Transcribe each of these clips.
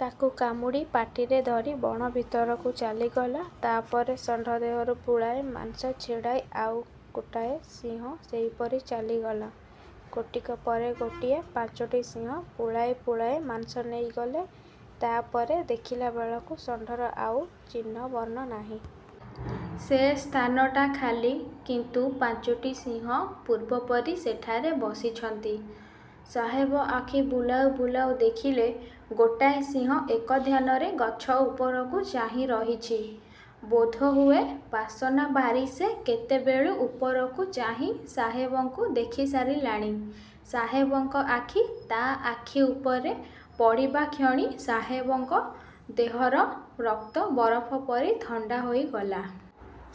ତାକୁ କାମୁଡ଼ି ପାଟିରେ ଧରି ବଣ ଭିତରକୁ ଚାଲିଗଲା। ତା'ପରେ ଷଣ୍ଢ ଦେହରୁ ପୁଳାଏ ମାଂସ ଛିଡ଼ାଇ ଆଉ ଗୋଟାଏ ସିଂହ ସେହିପରି ଚାଲିଗଲା। ଗୋଟିକ ପରେ ଗୋଟିଏ ପାଞ୍ଚୋଟି ସିଂହ ପୁଳାଏ ପୁଳାଏ ମାଂସ ନେଇଗଲେ। ତା'ପରେ ଦେଖିଲାବେଳକୁ ଷଣ୍ଢର ଆଉ ଚିହ୍ନ ବର୍ଣ୍ଣ ନାହିଁ। ସେ ସ୍ଥାନଟା ଖାଲି। କିନ୍ତୁ ପାଞ୍ଚୋଟି ସିଂହ ପୂର୍ବ ପରି ସେଠାରେ ବସିଛନ୍ତି। ସାହେବ ଆଖି ବୁଲାଉ ବୁଲାଉ ଦେଖିଲେ, ଗୋଟାଏ ସିଂହ ଏକଧ୍ୟାନରେ ଗଛ ଉପରକୁ ଚାହିଁରହିଛି। ବୋଧହୁଏ ବାସନା ବାରି ସେ କେତେବେଳୁ ଉପରକୁ ଚାହିଁ ସାହେବଙ୍କୁ ଦେଖିସାରିଲାଣି। ସାହେବଙ୍କ ଆଖି ତା' ଆଖି ଉପରେ ପଡ଼ିବାକ୍ଷଣି ସାହେବଙ୍କ ଦେହର ରକ୍ତ ବରଫ ପରି ଥଣ୍ଡା ହୋଇଗଲା।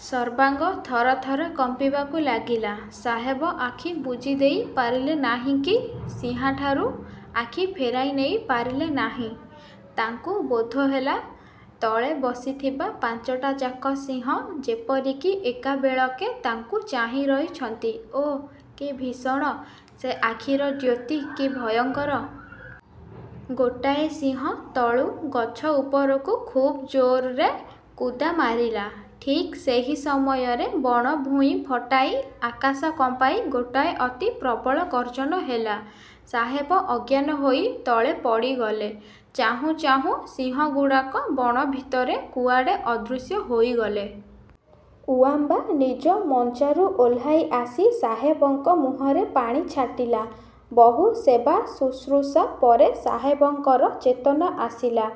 ସର୍ବାଙ୍ଗ ଥରଥର କମ୍ପିବାକୁ ଲାଗିଲା। ସାହେବ ଆଖି ବୁଜିଦେଇ ପାରିଲେ ନାହିଁ କି ସିଂହାଠାରୁ ଆଖି ଫେରାଇ ନେଇପାରିଲେ ନାହିଁ। ତାଙ୍କୁ ବୋଧହେଲା-ତଳେ ବସିଥିବା ପାଞ୍ଚଟାଯାକ ସିଂହ ଯେପରି କି ଏକାବେଳକେ ତାଙ୍କୁ ଚାହିଁ ରହିଛନ୍ତି। ଓଃ, କି ଭୀଷଣ! ସେ ଆଖିର ଜ୍ୟୋତି କି ଭୟଙ୍କର! ଗୋଟାଏ ସିଂହ ତଳୁ ଗଛ ଉପରକୁ ଖୁବ୍ ଜୋରରେ କୁଦାମାରିଲା। ଠିକ୍ ସେହି ସମୟରେ ବଣ ଭୂଇଁ ଫଟାଇ, ଆକାଶ କମ୍ପାଇ ଗୋଟାଏ ଅତି ପ୍ରବଳ ଗର୍ଜନ ହେଲା। ସାହେବ ଅଜ୍ଞାନ ହୋଇ ତଳେ ପଡ଼ିଗଲେ। ଚାହୁଁ ଚାହୁଁ ସିଂହଗୁଡ଼ାକ ବଣ ଭିତରେ କୁଆଡ଼େ ଅଦୃଶ୍ୟ ହୋଇଗଲେ। ଉଆମ୍ବା ନିଜ ମଞ୍ଚାରୁ ଓହ୍ଲାଇ ଆସି ସାହେବଙ୍କ ମୁହଁରେ ପାଣି ଛାଟିଲା। ବହୁ ସେବାଶୁଶ୍ରୁଷା ପରେ ସାହେବଙ୍କର ଚେତନା ଆସିଲା।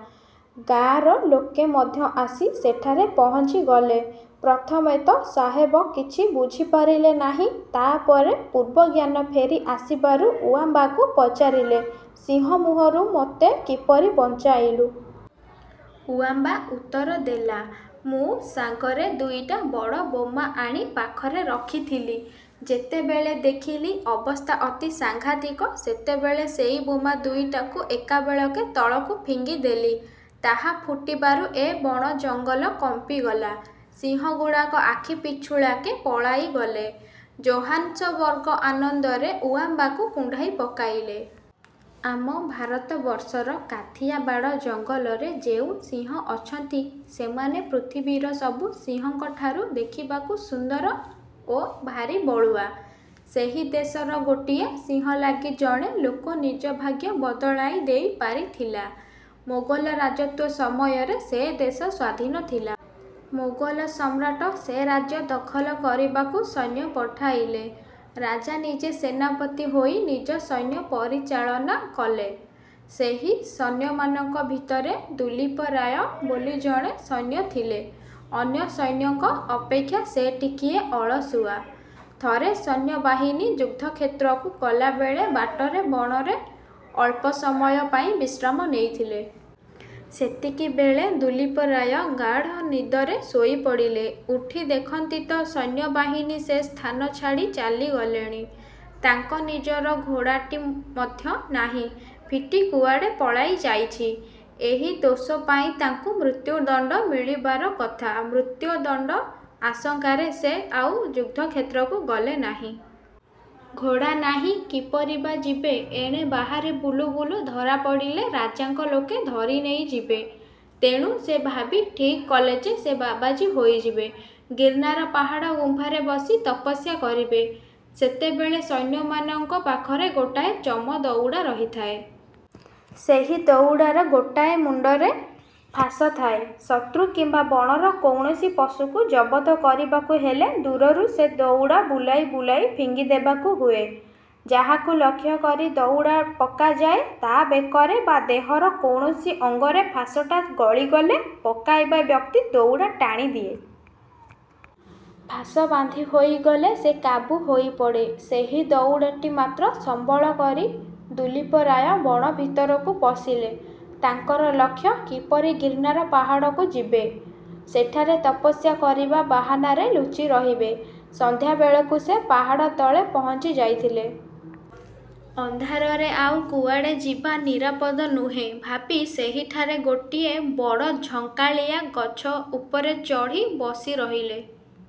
ଗାଆଁର ଲୋକେ ମଧ୍ୟ ଆସି ସେଠାରେ ପହଞ୍ଚିଗଲେ। ପ୍ରଥମେ ତ ସାହେବ କିଛି ବୁଝିପାରିଲେ ନାହିଁ। ତା'ପରେ ପୂର୍ବ ଜ୍ଞାନ ଫେରି ଆସିବାରୁ ଉଆମ୍ବାକୁ ପଚାରିଲେ, ''ସିଂହ ମୁହଁରୁ ମୋତେ କିପରି ବଞ୍ଚାଇଲୁ? '' ଉଆମ୍ବା ଉତ୍ତର ଦେଲା ''ମୁଁ ସାଙ୍ଗରେ ଦୁଇଟା ବଡ଼ ବୋମା ଆଣି ପାଖରେ ରଖିଥିଲି। ଯେତେବେଳେ ଦେଖିଲି, ଅବସ୍ଥା ଅତି ସାଙ୍ଘାତିକ, ସେତେବେଳେ ସେଇ ବୋମା ଦୁଇଟାକୁ ଏକାବେଳକେ ତଳକୁ ଫିଙ୍ଗିଦେଲି। ତାହା ଫୁଟିବାରୁ ଏ ବଣଜଙ୍ଗଲ କମ୍ପିଗଲା। ସିଂହଗୁଡ଼ାକ ଆଖିପିଛୁଳାକେ ପଳାଇଗଲେ। '' ଜୋହାନ୍ସବର୍ଗ ଆନନ୍ଦରେ ଉଆମ୍ବାକୁ କୁଣ୍ଢାଇ ପକାଇଲେ। ଆମ ଭାରତବର୍ଷର କାଥିଆବାଡ଼ ଜଙ୍ଗଲରେ ଯେଉଁ ସିଂହ ଅଛନ୍ତି, ସେମାନେ ପୃଥିବୀର ସବୁ ସିଂହଙ୍କଠାରୁ ଦେଖିବାକୁ ସୁନ୍ଦର ଓ ଭାରି ବଳୁଆ। ସେହି ଦେଶର ଗୋଟିଏ ସିଂହ ଲାଗି ଜଣେ ଲୋକ ନିଜ ଭାଗ୍ୟ ବଦଳାଇ ଦେଇ ପାରିଥିଲା। ମୋଗଲ ରାଜତ୍ୱ ସମୟରେ ସେ ଦେଶ ସ୍ୱାଧୀନ ଥିଲା। ମୋଗଲସମ୍ରାଟ ସେ ରାଜ୍ୟ ଦଖଲ କରିବାକୁ ସୈନ୍ୟ ପଠାଇଲେ। ରାଜା ନିଜେ ସେନାପତି ହୋଇ ନିଜ ସୈନ୍ୟ ପରିଚାଳନା କଲେ। ସେହି ସୈନ୍ୟମାନଙ୍କ ଭିତରେ ଦୁଲୀପ ରାୟ ବୋଲି ଜଣେ ସୈନ୍ୟ ଥିଲେ। ଅନ୍ୟ ସୈନ୍ୟଙ୍କ ଅପେକ୍ଷା ସେ ଟିକିଏ ଅଳସୁଆ। ଥରେ ସୈନ୍ୟବାହିନୀ ଯୁଦ୍ଧକ୍ଷେତ୍ରକୁ ଗଲାବେଳେ ବାଟରେ ବଣରେ ଅଳ୍ପ ସମୟ ପାଇଁ ବିଶ୍ରାମ ନେଇଥିଲେ। ସେତିକିବେଳେ ଦୁଲୀପ ରାୟ ଗାଢ଼ ନିଦରେ ଶୋଇପଡ଼ିଲେ। ଉଠି ଦେଖନ୍ତି ତ, ସୈନ୍ୟବାହିନୀ ସେ ସ୍ଥାନ ଛାଡ଼ି ଚାଲିଗଲେଣି। ତାଙ୍କ ନିଜର ଘୋଡ଼ାଟି ମଧ୍ୟ ନାହିଁ-ଫିଟି କୁଆଡ଼େ ପଳାଇ ଯାଇଛି। ଏହି ଦୋଷ ପାଇଁ ତାଙ୍କୁ ମୃତ୍ୟୁଦଣ୍ଡ ମିଳିବାର କଥା। ମୃତ୍ୟୁଦଣ୍ଡ ଆଶଙ୍କାରେ ସେ ଆଉ ଯୁଦ୍ଧକ୍ଷେତ୍ରକୁ ଗଲେ ନାହିଁ। ଘୋଡ଼ା ନାହିଁ, କିପରି ବା ଯିବେ? ଏଣେ ବାହାରେ ବୁଲୁ ବୁଲୁ ଧରାପଡ଼ିଲେ ରାଜାଙ୍କ ଲୋକେ ଧରି ନେଇଯିବେ। ତେଣୁ ସେ ଭାବି ଠିକ୍ କଲେ ଯେ, ସେ ବାବାଜୀ ହୋଇଯିବେ; ଗୀର୍ଣ୍ଣାର ପାହାଡ଼ ଗୁମ୍ଫାରେ ବସି ତପସ୍ୟା କରିବେ। ସେତେବେଳେ ସୈନ୍ୟମାନଙ୍କ ପାଖରେ ଗୋଟାଏ ଚମଦଉଡ଼ା ରହିଥାଏ। ସେହି ଦଉଡ଼ାର ଗୋଟାଏ ମୁଣ୍ଡରେ ଫାଶ ଥାଏ। ଶତ୍ରୁ କିମ୍ବା ବଣର କୌଣସି ପଶୁକୁ ଜବତ କରିବାକୁ ହେଲେ, ଦୂରରୁ ସେ ଦଉଡ଼ା ବୁଲାଇ ବୁଲାଇ ଫିଙ୍ଗି ଦେବାକୁ ହୁଏ। ଯାହାକୁ ଲକ୍ଷ୍ୟ କରି ଦଉଡ଼ା ପକାଯାଏ, ତା' ବେକରେ ବା ଦେହର କୌଣସି ଅଙ୍ଗରେ ଫାଶଟା ଗଳିଗଲେ, ପକାଇବା ବ୍ୟକ୍ତି ଦଉଡ଼ା ଟାଣିଦିଏ।। ଫାଶ ବାନ୍ଧି ହୋଇଗଲେ ସେ କାବୁ ହୋଇପଡ଼େ। ସେହି ଦଉଡ଼ାଟି ମାତ୍ର ସମ୍ବଳ କରି ଦୁଲୀପ ରାୟ ବଣ ଭିତରକୁ ପଶିଲେ। ତାଙ୍କର ଲକ୍ଷ୍ୟ, କିପରି ଗୀର୍ଣ୍ଣାର ପାହାଡ଼କୁ ଯିବେ। ସେଠାରେ ତପସ୍ୟା କରିବା ବାହାନାରେ ଲୁଚି ରହିବେ-। ସନ୍ଧ୍ୟାବେଳକୁ ସେ ପାହାଡ଼ ତଳେ ପହଞ୍ଚି ଯାଇଥିଲେ। ଅନ୍ଧାରରେ ଆଉ କୁଆଡ଼େ ଯିବା ନିରାପଦ ନୁହେଁ ଭାବି ସେହିଠାରେ ଗୋଟିଏ ବଡ଼ ଝଙ୍କାଳିଆ ଗଛ ଉପରେ ଚଢ଼ି ବସି ରହିଲେ।